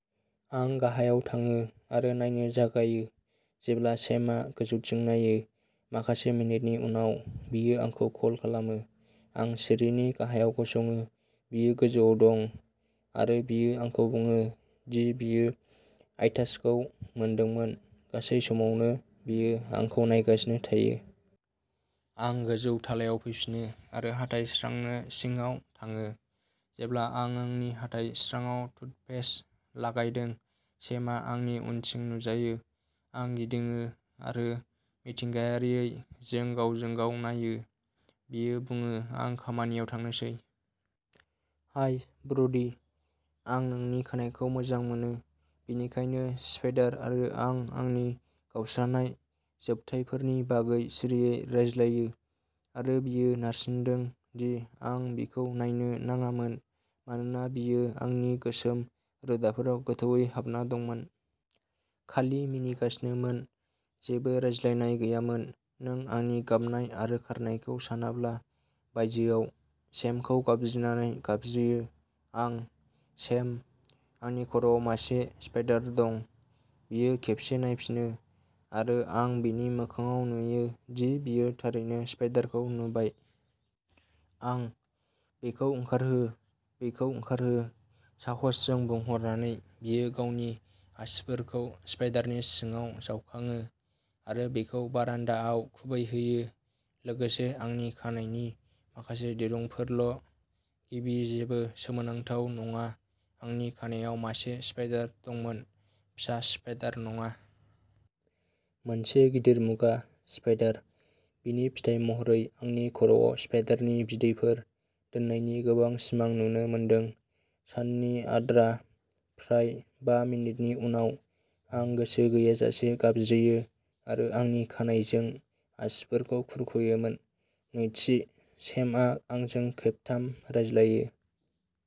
आं गाहायाव थाङो आरो नायनो जागायो जेब्ला सेमआ गोजौथिं नायो। माखासे मिनिटनि उनाव, बियो आंखौ कल खालामो। आं सिरिनि गाहायाव गसङो, बियो गोजौआव दं, आरो बियो आंखौ बुङो दि बियो आइटासखौ मोनदोंमोन। गासै समावनो, बियो आंखौ नायगासिनो थायो। आं गोजौ थालायाव फैफिनो, आरो हाथाइ स्रांनो सिंकआव थाङो। जेब्ला आं आंनि हाथाइ स्रांआव टूथपेस्ट लागायदों, सेमआ आंनि उनथिं नुजायो। आं गिदिङो, आरो मिथिंगायारियै, जों गावजों गाव नायो। बियो बुङो, "आं खामानियाव थांनोसै। हाय ब्र'डी! आं नोंनि खानाइखौ मोजां मोनो। बेनिखायनो, स्पाइडार आरो आं आंनि गावस्रानाय जोबथायफोरनि बागै सिरियै रायज्लायो, आरो बियो नारसिनदों दि आं बिखौ नायनो नाङामोन मानोना बियो आंनि गोसोम रोदाफोराव गोथौवै हाबना दंमोन। खालि मिनिगासिनोमोन। जेबो रायज्लायनाय गैयामोन। नों आंनि गाबनाय आरो खारनायखौ सानाब्ला। बायजोआव, सेमखौ गाबज्रिनानै गाबज्रियो। आंः "सेम! आंनि खर'आव मासे स्पाइडार दं! " बियो खेबसे नायफिनो, आरो आं बिनि मोखांआव नुयो दि बियो थारैनो स्पाइडारखौ नुबाय। आंः "बेखौ ओंखारहो! बेखौ ओंखारहो! " साहसजों बुंहरनानै, बियो गावनि आसिफोरखौ स्पाइडारनि सिङाव जावखाङो, आरो बेखौ बारान्दाआव खुबैहोयो, लोगोसे आंनि खानाइनि माखासे दिरुंफोरल'। गिबि-जेबो सोमोनांथाव नङा-आंनि खानायाव मासे स्पाइडार दंमोन। फिसा स्पाइडार नङा। मोनसे गिदिर मुगा स्पाइडार। बेनि फिथाय महरै आंनि खर'आव स्पाइडारनि बिदैफोर दोननायनि गोबां सिमां नुनो मोनदों। साननि आद्रा, फ्राय बा मिनिटनि उनाव, आं गोसो गैयाजासे गाबज्रियो आरो आंनि खानाइजों आसिफोरखौ खुरख'योमोन। नैथि, सेमआ आंजों खेबथाम रायज्लायो।